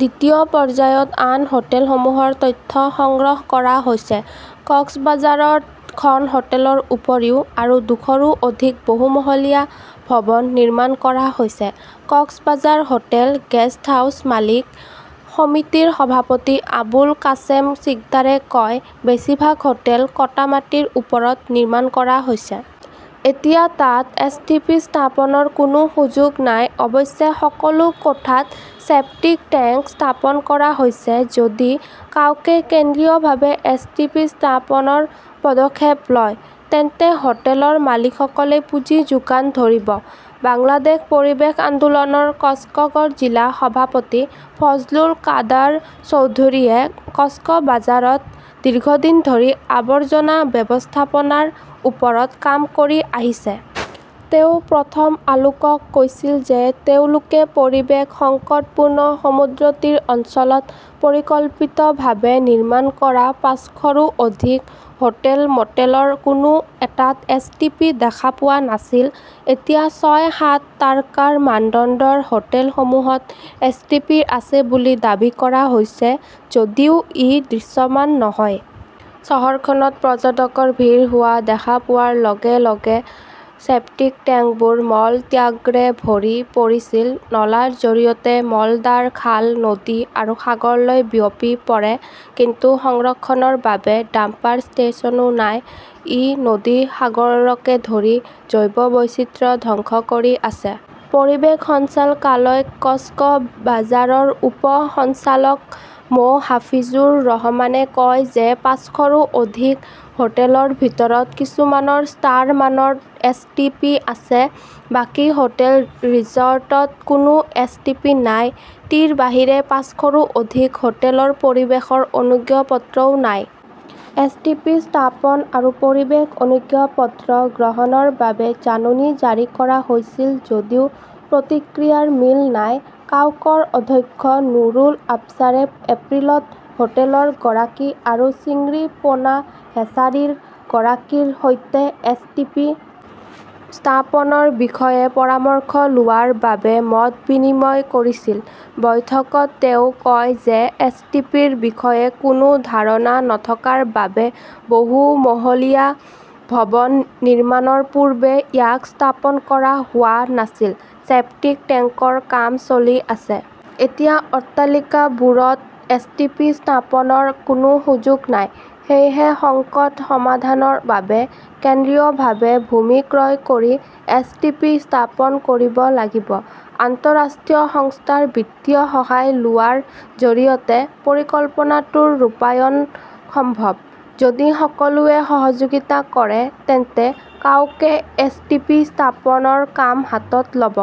দ্বিতীয় পৰ্যায়ত আন হোটেলসমূহৰ তথ্য সংগ্ৰহ কৰা হৈছে। কক্সবাজাৰত খন হোটেলৰ উপৰিও আৰু দুশৰো অধিক বহুমহলীয়া ভৱন নিৰ্মাণ কৰা হৈছে, কক্সবাজাৰ হোটেল, গেষ্টহাউছ মালিক সমিতিৰ সভাপতি আবুল কাশেম সিকদাৰে কয়। বেছিভাগ হোটেল কটা মাটিৰ ওপৰত নিৰ্মাণ কৰা হৈছে। এতিয়া তাত এছ. টি. পি. স্থাপনৰ কোনো সুযোগ নাই। অৱশ্যে, সকলো কোঠাত চেপ্টিক টেংক স্থাপন কৰা হৈছে। যদি কাউকে কেন্দ্ৰীয়ভাৱে এছ. টি. পি. স্থাপনৰ পদক্ষেপ লয়, তেন্তে হোটেলৰ মালিকসকলে পুঁজি যোগান ধৰিব। বাংলাদেশ পৰিৱেশ আন্দোলনৰ কক্সগড় জিলা সভাপতি ফজলুল কাদাৰ চৌধুৰীয়ে কক্সবাজাৰত দীৰ্ঘদিন ধৰি আৱৰ্জনা ব্যৱস্থাপনাৰ ওপৰত কাম কৰি আহিছে। তেওঁ প্ৰথম আলোকক কৈছিল যে, তেওঁলোকে পৰিৱেশ সংকটপূৰ্ণ সমুদ্ৰতীৰ অঞ্চলত পৰিকল্পিতভাৱে নিৰ্মাণ কৰা পাঁচশৰো অধিক হোটেল, ম'টেলৰ কোনো এটাত এছ. টি. পি. দেখা পোৱা নাছিল। এতিয়া ছয়-সাত তাৰকাৰ মানদণ্ডৰ হোটেলসমূহত এছ. টি. পি. আছে বুলি দাবী কৰা হৈছে যদিও ই দৃশ্যমান নহয়। চহৰখনত পৰ্যটকৰ ভিৰ হোৱা দেখা পোৱাৰ লগে লগে চেপ্টিক টেংকবোৰ মলত্যাগৰে ভৰি পৰিছিল। নলাৰ জৰিয়তে মলদ্বাৰ খাল, নদী আৰু সাগৰলৈ বিয়পি পৰে। কিন্তু সংৰক্ষণৰ বাবে ডাম্পাৰ ষ্টেচনো নাই। ই নদী-সাগৰকে ধৰি জৈৱ বৈচিত্ৰ্য ধ্বংস কৰি আছে। পৰিৱেশ সঞ্চালকালয় কক্সবাজাৰৰ উপ সঞ্চালক মো. হাফিজুৰ ৰহমানে কয় যে পাঁচশৰো অধিক হোটেলৰ ভিতৰত কিছুমানৰ ষ্টাৰ মানৰ এছ. টি. পি. আছে। বাকী হোটেল-ৰিজৰ্টত কোনো এছ. টি. পি. নাই। টিৰ বাহিৰে পাঁচশৰো অধিক হোটেলৰ পৰিৱেশৰ অনুজ্ঞাপত্ৰও নাই। এছ. টি. পি. স্থাপন আৰু পৰিৱেশ অনুজ্ঞাপত্ৰ গ্ৰহণৰ বাবে জাননী জাৰি কৰা হৈছিল যদিও প্ৰতিক্ৰিয়াৰ মিল নাই। কাউকৰ অধ্যক্ষ নুৰুল আবছাৰে এপ্ৰিলত হোটেলৰ গৰাকী আৰু চিংৰি পোনা হেচাৰীৰ গৰাকীৰ সৈতে এছ. টি. পি. স্থাপনৰ বিষয়ে পৰামৰ্শ লোৱাৰ বাবে মত বিনিময় কৰিছিল। বৈঠকত তেওঁ কয় যে, এছ. টি. পি. ৰ বিষয়ে কোনো ধাৰণা নথকাৰ বাবে বহুমহলীয়া ভৱন নিৰ্মাণৰ পূৰ্বে ইয়াক স্থাপন কৰা হোৱা নাছিল। ছেপ্টিক টেংকৰ কাম চলি আছে। এতিয়া অট্টালিকাবোৰত এছ. টি. পি. স্থাপনৰ কোনো সুযোগ নাই। সেয়েহে, সংকট সমাধানৰ বাবে কেন্দ্ৰীয়ভাৱে ভূমি ক্ৰয় কৰি এছ. টি. পি. স্থাপন কৰিব লাগিব। আন্তঃৰাষ্ট্ৰীয় সংস্থাৰ বিত্তীয় সহায় লোৱাৰ জৰিয়তে প্ৰকল্পটোৰ ৰূপায়ণ সম্ভৱ। যদি সকলোৱে সহযোগিতা কৰে, তেন্তে কাউকে এছ. টি. পি. স্থাপনৰ কাম হাতত ল'ব।